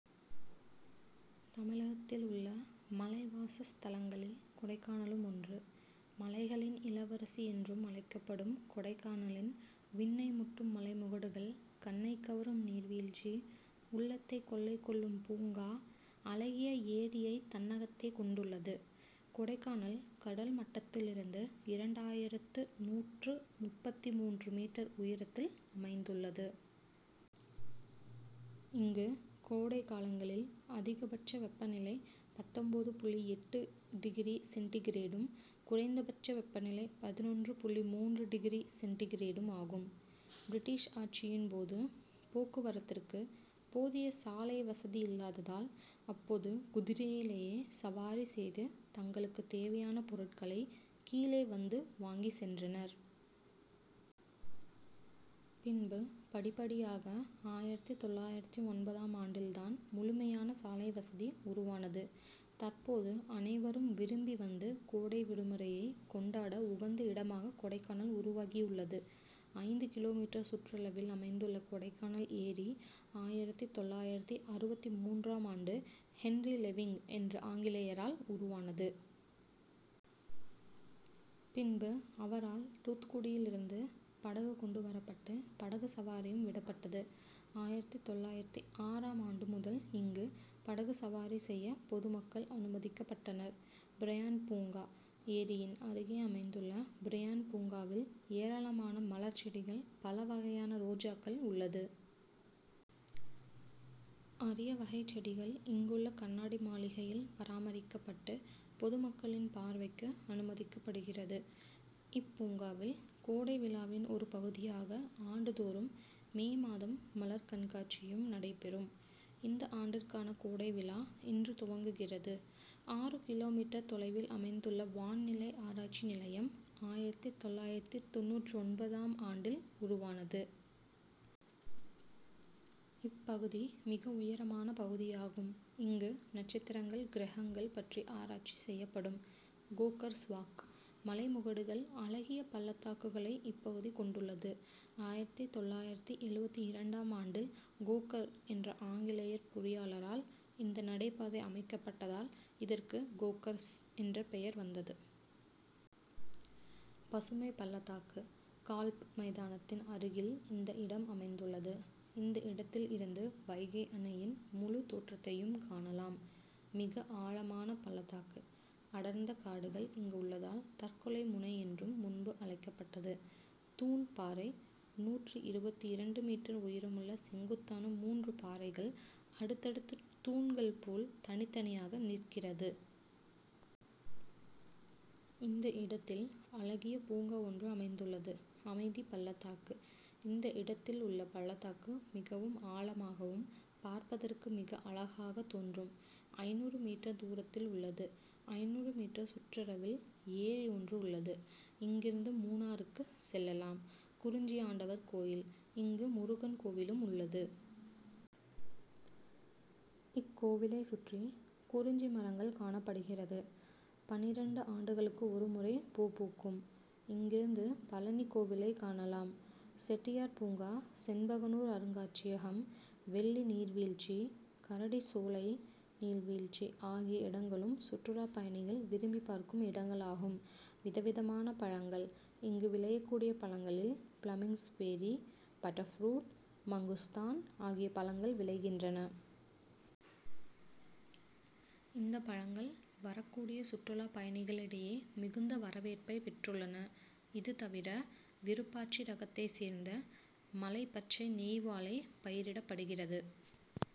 தமிழகத்திலுள்ள மலை வாசஸ்தலங்களில் கொடைக்கானலும் ஒன்று. மலைகளின் இளவரசி என்றும் அழைக்கப்படும் கொடைக்கானலில் விண்ணை முட்டும் மலைமுகடுகள் கண்ணைக்கவரும் நீர்வீழ்ச்சி உள்ளத்தை கொள்ளை கொள்ளும் பூங்கா அழகிய ஏரியை தன்னகத்தே கொண்டுள்ளது. கொடைக்கானல் கடல் மட்டத்திலிருந்து இரண்டாயிரத்து நூற்று முப்பத்து மூன்று மீட்டர் உயரத்தில் அமைந்துள்ளது. இங்கு கோடை காலங்களில் அதிகபட்ச வெப்பநிலை பத்தொன்பது புள்ளி எட்டு டிகிரி சென்டிகிரேடும் குறைந்தபட்ச வெப்பநிலை பதினொன்று புள்ளி மூன்று டிகிரி சென்டிகிரேடும் ஆகும். பிரிட்டிஷ் ஆட்சியின் போது போக்குவரத்திற்கு போதிய சாலை வசதியில்லாததால் அப்போது குதிரையிலே சவாரி செய்து தங்களுக்கு தேவையான பொருட்களை கீழே வந்து வாங்கிச்சென்றனர். பின்பு படிப்படியாக ஆயிரத்து தொள்ளாயிரத்து ஒன்பதாம் ஆண்டில்தான் முழுமையான சாலை வசதி உருவானது. தற்போது அனைவரும் விரும்பி வந்து கோடை விடுமுறையை கொண்டாட உகந்த இடமாக கொடைக்கானல் உருவாகியுள்ளது. ஐந்து கிலோமீட்டர் சுற்றளவில் அமைந்துள்ள கொடைக்கானல் ஏரி ஆயிரத்து தொள்ளாயிரத்து அறுபத்து மூன்றாம் ஆண்டு ஹென்றி லெவிங்க் என்ற ஆங்கிலேயரால் உருவானது. பின்பு அவரால் தூத்துக்குடியிலிருந்து படகு கொண்டு வரப்பட்டு படகு சவாரியும் விடப்பட்டது. ஆயிரத்து தொள்ளாயிரத்து ஆறாம் ஆண்டு முதல் இங்கு படகு சவாரி செய்ய பொதுமக்கள் அனுமதிக்கப்பட்டனர். பிரையண்ட் பூங்கா: ஏரியின் அருகே அமைந்துள்ள பிரையண்ட் பூங்காவில் ஏராளமான மலர் செடிகள் பல வகையான ரோஜாக்கள் உள்ளது. அரிய வகை செடிகள் இங்குள்ள கண்ணாடி மாளிகையில் பராமரிக்கப்பட்டு பொதுமக்களின் பார்வைக்கு அனுமதிக்கப்படுகிறது. இப்பூங்காவில் கோடைவிழாவின் ஒரு பகுதியாக ஆண்டுதோறும் மே மாதம் மலர் கண்காட்சியும் நடைபெறும். இந்த ஆண்டிற்கான கோடை விழா இன்று துவங்குகிறது. ஆறு கிலோமீட்டர் தொலைவில் அமைந்துள்ள வான்நிலை ஆராய்ச்சி நிலையம் ஆயிரத்து தொள்ளாயிரத்து தொண்ணூற்றொன்பதாம் ஆண்டில் உருவானது. இப்பகுதி மிக உயரமான பகுதியாகும். இங்கு நட்சத்திரங்கள் கிரகங்கள் பற்றி ஆராய்ச்சி செய்யப்படும். கோக்கர்ஸ் வாக்: மலைமுகடுகள் அழகிய பள்ளத்தாக்குகளை இப்பகுதி கொண்டுள்ளது. ஆயிரத்து தொள்ளாயிரத்து எழுபத்து இரண்டாம் ஆண்டில் கோக்கர் என்ற ஆங்கில பொறியாளரால் இந்த நடைபாதை அமைக்கப்பட்டதால் இதற்கு கோக்கர்ஸ் என்ற பெயர் வந்தது. பசுமை பள்ளத்தாக்கு: கால்ப் மைதானத்தின் அருகில் இந்த இடம் அமைந்துள்ளது. இந்த இடத்தில் இருந்து வைகை அணையின் முழு தோற்றத்தையும் காணலாம். மிக ஆழமான பள்ளத்தாக்கு அடர்ந்த காடுகள் இங்கு உள்ளதால் தற்கொலை முனை என்றும் முன்பு அழைக்கப்பட்டது. தூண்பாறை: நூற்று இருபத்தி இரண்டு மீட்டர் உயரமுள்ள செங்குத்தான மூன்று பாறைகள் அடுத்தடுத்து தூண்கள் போல் தனித்தனியாக நிற்கிறது. இந்த இடத்தில் அழகிய பூங்கா ஒன்று அமைந்துள்ளது. அமைதிபள்ளத்தாக்கு: இந்த இடத்தில் உள்ள பள்ளத்தாக்கு மிகவும் ஆழமாகவும் பார்ப்பதற்கு மிக அழகாக தோன்றும். ஐந்நூறு மீட்டர் தூரத்தில் உள்ளது. ஐந்நூறு மீட்டர் சுற்றளவில் ஏரி ஒன்று உள்ளது. இங்கிருந்து மூணாறுக்கு செல்லலாம். குறிஞ்சியாண்டவர் கோவில்: இங்கு முருகன் கோவிலும் உள்ளது. இக்கோவிலை சுற்றி குறிஞ்சி மரங்கள் காணப்படுகிறது. பன்னிரண்டு ஆண்டுகளுக்கு ஒரு முறை பூ பூக்கும். இங்கிருந்து பழநி கோவிலை காணலாம். செட்டியார் பூங்கா செண்பகனூர் அருங்காட்சியகம் வெள்ளி நீர்வீழ்ச்சி கரடி சோலை நீர்வீழ்ச்சி ஆகிய இடங்களும் சுற்றுலா பயணிகள் விரும்பி பார்க்கும் இடங்களாகும். விதவிதமான பழங்கள்: இங்கு விளையக்கூடிய பழங்களில் பிளம்ஸ் பேரி பட்டர்புரூட் மங்குஸ்தான் ஆகிய பழங்கள் விளைகின்றன. இந்த பழங்கள் வரக்கூடிய சுற்றுலா பயணிகளிடையே மிகுந்த வரவேற்பை பெற்றுள்ளன. இது தவிர விருப்பாச்சி ரகத்தை சேர்ந்த மலை பச்சை நெய்வாழை பயிரிடப்படுகிறது.